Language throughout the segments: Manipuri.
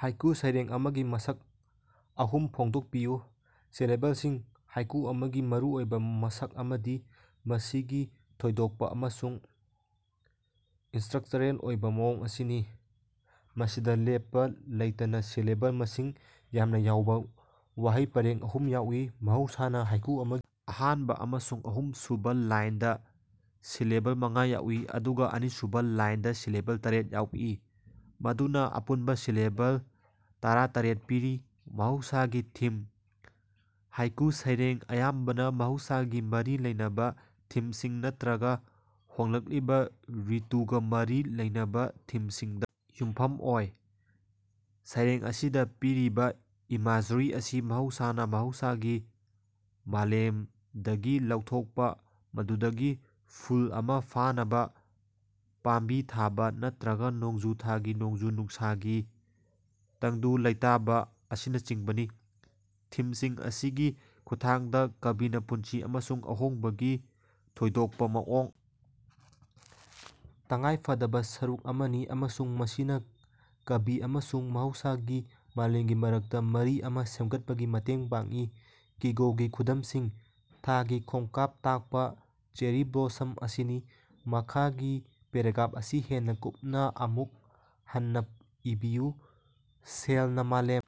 ꯍꯥꯏꯀꯨ ꯁꯩꯔꯦꯡ ꯑꯃꯒꯤ ꯃꯁꯛ ꯑꯍꯨꯝ ꯐꯣꯡꯗꯣꯛꯄꯤꯌꯨ꯫ ꯁꯤꯂꯦꯕꯜꯁꯤꯡ: ꯍꯥꯏꯀꯨ ꯑꯃꯒꯤ ꯃꯔꯨꯑꯣꯏꯕꯥ ꯃꯁꯛ ꯑꯃꯗꯤ ꯃꯁꯤꯒꯤ ꯊꯣꯏꯗꯣꯛꯄꯥ ꯑꯃꯁꯨꯡ ꯏꯁꯇ꯭ꯔꯛꯆꯔꯦꯜ ꯑꯣꯏꯕꯥ ꯃꯑꯣꯡ ꯑꯁꯤꯅꯤ, ꯃꯁꯤꯗꯥ ꯂꯦꯞꯄꯥ ꯂꯩꯇꯅꯥ ꯁꯤꯂꯦꯕꯜ ꯃꯁꯤꯡ ꯌꯥꯝꯅꯥ ꯌꯥꯎꯕ ꯋꯥꯍꯩ ꯄꯔꯦꯡ ꯑꯍꯨꯝ ꯌꯥꯎꯏ꯫ ꯃꯍꯧꯁꯥꯅꯥ ꯍꯥꯏꯀꯨ ꯑꯃꯒꯤ ꯑꯍꯥꯟꯕ ꯑꯃꯁꯨꯡ ꯑꯍꯨꯝꯁꯨꯕ ꯂꯥꯏꯟꯗꯥ ꯁꯤꯂꯦꯕꯜ ꯃꯉꯥ ꯌꯥꯎꯏ ꯑꯗꯨꯒꯥ ꯑꯅꯤꯁꯨꯕꯥ ꯂꯥꯏꯟꯗꯥ ꯁꯤꯂꯦꯕꯜ ꯇꯥꯔꯦꯠ ꯌꯥꯎꯏ꯫ ꯃꯗꯨꯅꯥ ꯑꯄꯨꯟꯕꯥ ꯁꯤꯂꯦꯕꯜ ꯇꯔꯥꯇꯔꯦꯠ ꯄꯤꯔꯤ꯫ ꯃꯍꯧꯁꯥꯒꯤ ꯊꯤꯝ: ꯍꯥꯏꯀꯨ ꯁꯩꯔꯦꯡ ꯑꯌꯥꯝꯕꯅꯥ ꯃꯍꯧꯁꯥꯒꯥ ꯃꯔꯤ ꯂꯩꯅꯕꯥ ꯊꯤꯝꯁꯤꯡ ꯅꯠꯇ꯭ꯔꯒꯥ ꯍꯣꯡꯂꯛꯂꯤꯕꯥ ꯔꯤꯇꯨꯒꯥ ꯃꯔꯤ ꯂꯩꯅꯕꯥ ꯊꯤꯝꯁꯤꯡꯗꯥ ꯌꯨꯝꯐꯝ ꯑꯣꯏ꯫ ꯁꯩꯔꯦꯡ ꯑꯁꯤꯗꯥ ꯄꯤꯔꯤꯕꯥ ꯏꯃꯦꯖꯔꯤ ꯑꯁꯤ ꯃꯍꯧꯁꯥꯅꯥ ꯃꯍꯧꯁꯥꯒꯤ ꯃꯥꯂꯦꯝꯗꯒꯤ ꯂꯧꯊꯣꯛꯄ, ꯃꯗꯨꯗꯤ ꯐꯨꯜ ꯑꯃꯥ ꯐꯥꯅꯕ, ꯄꯥꯝꯕꯤ ꯊꯥꯕ, ꯅꯠꯇ꯭ꯔꯒꯥ ꯅꯣꯡꯖꯨ ꯊꯥꯒꯤ ꯅꯣꯡꯖꯨ-ꯅꯨꯡꯁꯥꯒꯤ ꯇꯪꯗꯨ ꯂꯩꯇꯥꯕꯥ ꯑꯁꯤꯅꯆꯤꯡꯕꯅꯤ꯫ ꯊꯤꯝꯁꯤꯡ ꯑꯁꯤꯒꯤ ꯈꯨꯠꯊꯥꯡꯗꯥ ꯀꯕꯤꯅꯥ ꯄꯨꯟꯁꯤ ꯑꯃꯁꯨꯡ ꯑꯍꯣꯡꯕꯒꯤ ꯊꯣꯏꯗꯣꯛꯄꯥ ꯃꯑꯣꯡ ꯇꯉꯥꯏꯐꯗꯕꯥ ꯁꯔꯨꯛ ꯑꯃꯅꯤ ꯑꯃꯁꯨꯡ ꯃꯁꯤꯅꯥ ꯀꯕꯤ ꯑꯃꯁꯨꯡ ꯃꯍꯧꯁꯥꯒꯤ ꯃꯥꯂꯦꯝꯒꯤ ꯃꯔꯛꯇꯥ ꯃꯔꯤ ꯑꯃꯥ ꯁꯦꯝꯒꯠꯄꯗꯥ ꯃꯇꯦꯡ ꯄꯥꯡꯏ꯫ ꯀꯤꯒꯣꯒꯤ ꯈꯨꯗꯝꯁꯤꯡꯗꯤ ꯊꯥꯒꯤ ꯈꯣꯡꯀꯥꯞ ꯇꯥꯛꯄꯥ "ꯆꯦꯔꯤ ꯕ꯭ꯂꯣꯁꯝ" ꯑꯁꯤꯅꯤ꯫ ꯃꯈꯥꯒꯤ ꯄꯦꯔꯥꯒ꯭ꯔꯥꯞ ꯑꯁꯤ ꯍꯦꯟꯅꯥ ꯀꯨꯞꯅꯥ ꯑꯃꯨꯛ ꯍꯟꯅꯥ ꯏꯕꯤꯌꯨ꯫ ꯁꯦꯜꯅꯥ ꯃꯥꯂꯦꯝ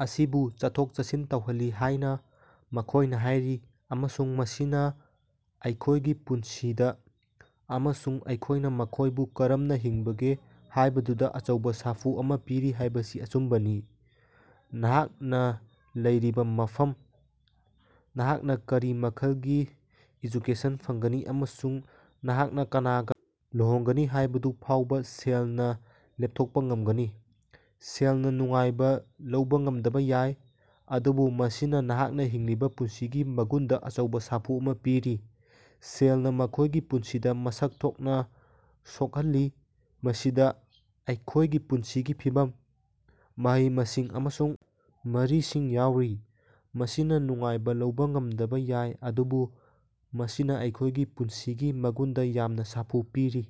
ꯑꯁꯤꯕꯨ ꯆꯠꯊꯣꯛ-ꯆꯠꯁꯤꯟ ꯇꯧꯍꯜꯂꯤ ꯍꯥꯏꯅꯥ ꯃꯈꯣꯏꯅꯥ ꯍꯥꯏꯔꯤ ꯑꯃꯁꯨꯡ ꯃꯁꯤꯅꯥ ꯑꯩꯈꯣꯏꯒꯤ ꯄꯨꯟꯁꯤꯗꯥ ꯑꯃꯁꯨꯡ ꯑꯩꯈꯣꯏꯅꯥ ꯃꯈꯣꯏꯕꯨ ꯀꯔꯝꯅꯥ ꯍꯤꯡꯕꯒꯦ ꯍꯥꯏꯕꯗꯨꯗꯥ ꯑꯆꯧꯕꯥ ꯁꯥꯐꯨ ꯑꯃꯥ ꯄꯤꯔꯤ ꯍꯥꯏꯕꯁꯤ ꯑꯆꯨꯝꯕꯅꯤ꯫ ꯅꯍꯥꯛꯅꯥ ꯂꯩꯔꯤꯕꯥ ꯃꯐꯝ, ꯅꯍꯥꯛꯅꯥ ꯀꯔꯤ ꯃꯈꯜꯒꯤ ꯏꯖꯨꯀꯦꯁꯟ ꯐꯪꯒꯅꯤ ꯑꯃꯁꯨꯡ ꯅꯍꯥꯛꯅꯥ ꯀꯅꯥꯒꯥ ꯂꯨꯍꯣꯡꯒꯅꯤ ꯍꯥꯏꯕꯗꯨ ꯐꯥꯎꯕꯥ ꯁꯦꯜꯅꯥ ꯂꯦꯞꯊꯣꯛꯄꯥ ꯉꯝꯒꯅꯤ꯫ ꯁꯦꯜꯅꯥ ꯅꯨꯡꯉꯥꯏꯕꯥ ꯂꯧꯕꯥ ꯉꯝꯗꯕ ꯌꯥꯏ, ꯑꯗꯨꯕꯨ ꯃꯁꯤꯅꯥ ꯅꯍꯥꯛꯅꯥ ꯍꯤꯡꯂꯤꯕꯥ ꯄꯨꯟꯁꯤꯒꯤ ꯃꯒꯨꯟꯗꯥ ꯑꯆꯧꯕꯥ ꯁꯥꯐꯨ ꯑꯃꯥ ꯄꯤꯔꯤ꯫ ꯁꯦꯜꯅꯥ ꯃꯈꯣꯏꯒꯤ ꯄꯨꯟꯁꯤꯗꯥ ꯃꯁꯛ ꯊꯣꯛꯅꯥ ꯁꯣꯛꯍꯜꯂꯤ, ꯃꯁꯤꯗꯥ ꯑꯩꯈꯣꯏꯒꯤ ꯄꯨꯟꯁꯤꯒꯤ ꯐꯤꯚꯝ, ꯃꯍꯩ-ꯃꯁꯤꯡ ꯑꯃꯁꯨꯡ ꯃꯔꯤꯁꯤꯡ ꯌꯥꯎꯔꯤ꯫ ꯃꯁꯤꯅꯥ ꯅꯨꯡꯉꯥꯏꯕꯥ ꯂꯧꯕꯥ ꯉꯝꯗꯕꯥ ꯌꯥꯏ ꯑꯗꯨꯕꯨ ꯃꯁꯤꯅꯥ ꯑꯩꯈꯣꯏꯒꯤ ꯄꯨꯟꯁꯤꯒꯤ ꯃꯒꯨꯟꯗꯥ ꯌꯥꯝꯅꯥ ꯁꯥꯐꯨ ꯄꯤꯔꯤ꯫